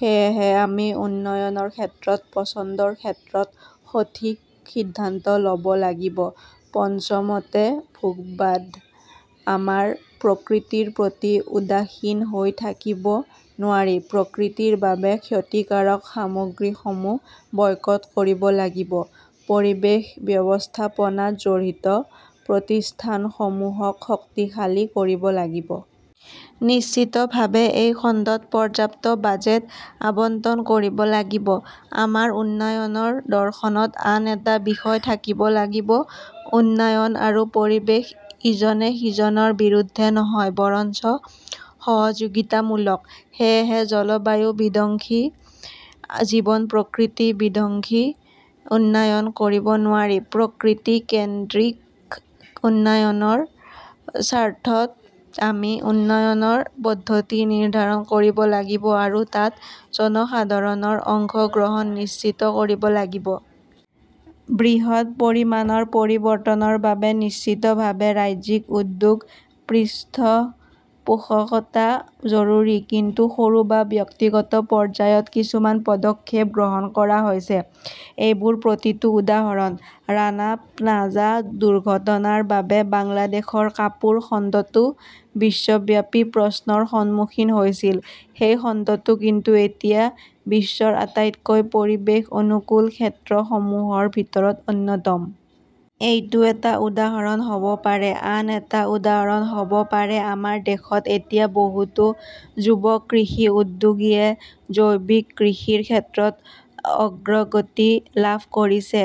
সেয়েহে আমি উন্নয়নৰ ক্ষেত্ৰত পছন্দৰ ক্ষেত্ৰত সঠিক সিদ্ধান্ত ল 'ব লাগিব। পঞ্চমতে, ভোগবাদ। আমাৰ প্ৰকৃতিৰ প্ৰতি উদাসীন হৈ থাকিব নোৱাৰি। প্ৰকৃতিৰ বাবে ক্ষতিকাৰক সামগ্ৰীসমূহ বয়কট কৰিব লাগিব। পৰিৱেশ ব্যৱস্থাপনাত জড়িত প্ৰতিষ্ঠানসমূহক শক্তিশালী কৰিব লাগিব। নিশ্চিতভাৱে এই খণ্ডত পৰ্যাপ্ত বাজেট আবণ্টন কৰিব লাগিব। আমাৰ উন্নয়নৰ দৰ্শনত আন এটা বিষয় থাকিব লাগিব-উন্নয়ন আৰু পৰিৱেশ ইজনে সিজনৰ বিৰুদ্ধে নহয় বৰঞ্চ সহযোগিতামূলক। সেয়েহে জলবায়ু বিধ্বংসী, জীৱন-প্ৰকৃতি বিধ্বংসী উন্নয়ন কৰিব নোৱাৰি। প্ৰকৃতি-কেন্দ্ৰিক উন্নয়নৰ স্বাৰ্থত আমি উন্নয়নৰ পদ্ধতি নিৰ্ধাৰণ কৰিব লাগিব আৰু তাত জনসাধাৰণৰ অংশগ্ৰহণ নিশ্চিত কৰিব লাগিব। বৃহৎ পৰিমাণৰ পৰিৱৰ্তনৰ বাবে নিশ্চিতভাৱে ৰাজ্যিক উদ্যোগ, পৃষ্ঠপোষকতা জৰুৰী। কিন্তু সৰু বা ব্যক্তিগত পৰ্যায়ত কিছুমান পদক্ষেপ গ্ৰহণ কৰা হৈছে। এইবোৰ প্ৰতিটো উদাহৰণ। ৰাণা প্নাজা দুৰ্ঘটনাৰ বাবে বাংলাদেশৰ কাপোৰ খণ্ডটো বিশ্বব্যাপী প্ৰশ্নৰ সন্মুখীন হৈছিল, সেই খণ্ডটো কিন্তু এতিয়া বিশ্বৰ আটাইতকৈ পৰিৱেশ অনুকূল ক্ষেত্ৰসমূহৰ ভিতৰত অন্যতম। এইটো এটা উদাহৰণ হ’ব পাৰে। আন এটা উদাহৰণ হ’ব পাৰে-আমাৰ দেশত এতিয়া বহুতো যুৱ কৃষি উদ্যোগীয়ে জৈৱিক কৃষিৰ ক্ষেত্ৰত অগ্ৰগতি লাভ কৰিছে।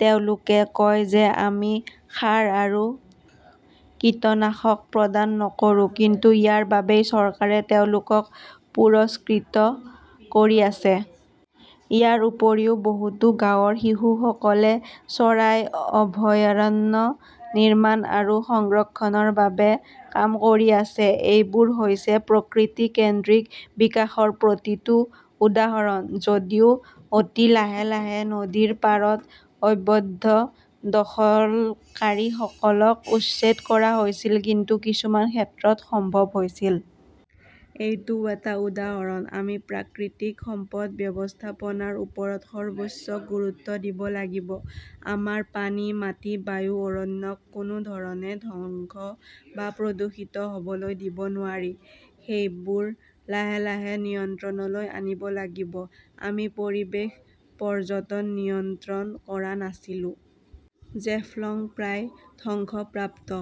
তেওঁলোকে কয় যে আমি সাৰ আৰু কীটনাশক প্ৰদান নকৰো। কিন্তু ইয়াৰ বাবেই চৰকাৰে তেওঁলোকক পুৰস্কৃত কৰি আছে। ইয়াৰ উপৰিও, বহুতো গাঁৱত শিশুসকলে চৰাই অভয়াৰণ্য নিৰ্মাণ আৰু সংৰক্ষণৰ বাবে কাম কৰি আছে। এইবোৰ হৈছে প্ৰকৃতি-কেন্দ্ৰিক বিকাশৰ প্ৰতিটো উদাহৰণ। যদিও অতি লাহে লাহে নদীৰ পাৰত অবৈধ দখলকাৰীসকলক উচ্ছেদ কৰা হৈছিল কিন্তু কিছুমান ক্ষেত্ৰত সম্ভৱ হৈছিল। এইটোও এটা উদাহৰণ। আমি প্ৰাকৃতিক সম্পদ ব্যৱস্থাপনাৰ ওপৰত সৰ্বোচ্চ গুৰুত্ব দিব লাগিব। আমাৰ পানী, মাটি, বায়ু, অৰণ্যক কোনো ধৰণে ধ্বংস বা প্ৰদূষিত হ’বলৈ দিব নোৱাৰি। সেইবোৰ লাহে লাহে নিয়ন্ত্ৰণলৈ আনিব লাগিব। আমি পৰিৱেশ পৰ্যটন নিয়ন্ত্ৰণ কৰা নাছিলো। জেফলঙ প্ৰায় ধ্বংসপ্ৰাপ্ত,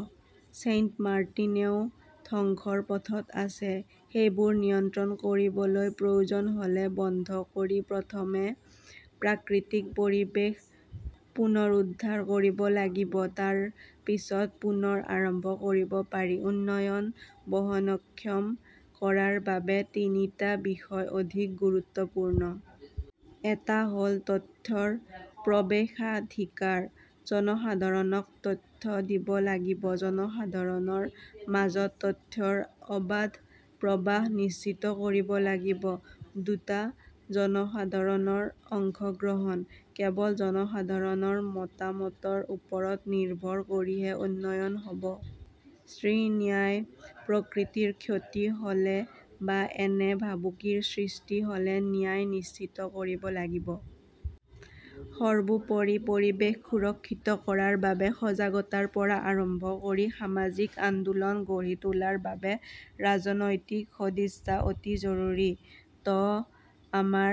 ছেইণ্টমাৰ্টিনেও ধ্বংসৰ পথত আছে। সেইবোৰ নিয়ন্ত্ৰণ কৰিবলৈ প্ৰয়োজন হ’লে বন্ধ কৰি প্ৰথমে প্ৰাকৃতিক পৰিৱেশ পুনৰুদ্ধাৰ কৰিব লাগিব। তাৰ পিছত পুনৰ আৰম্ভ কৰিব পাৰি। উন্নয়ন বহনক্ষম কৰাৰ বাবে তিনিটা বিষয় অধিক গুৰুত্বপূৰ্ণ। এটা হ’ল তথ্যৰ প্ৰৱেশাধিকাৰ। জনসাধাৰণক তথ্য দিব লাগিব। জনসাধাৰণৰ মাজত তথ্যৰ অবাধ প্ৰৱাহ নিশ্চিত কৰিব লাগিব. দুটা. জনসাধাৰণৰ অংশগ্ৰহণ। কেৱল জনসাধাৰণৰ মতামতৰ ওপৰত নিৰ্ভৰ কৰিহে উন্নয়ন হ’ব। ত্ৰি. ন্যায়. প্ৰকৃতিৰ ক্ষতি হ’লে বা এনে ভাবুকিৰ সৃষ্টি হ’লে ন্যায় নিশ্চিত কৰিব লাগিব। সৰ্বোপৰি, পৰিৱেশ সুৰক্ষিত কৰাৰ বাবে সজাগতাৰ পৰা আৰম্ভ কৰি সামাজিক আন্দোলন গঢ়ি তোলাৰ বাবে ৰাজনৈতিক সদিচ্ছা অতি জৰুৰী। ত আমাৰ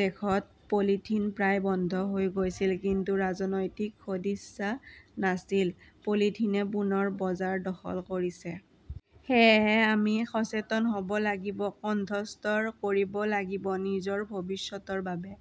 দেশত পলিথিন প্ৰায় বন্ধ হৈ গৈছিল। কিন্তু ৰাজনৈতিক সদিচ্ছা নাছিল। পলিথিনে পুনৰ বজাৰ দখল কৰিছে। সেয়েহে আমি সচেতন হ 'ব লাগিব, কণ্ঠস্বৰ কৰিব লাগিব। নিজৰ, ভৱিষ্যতৰ বাবে।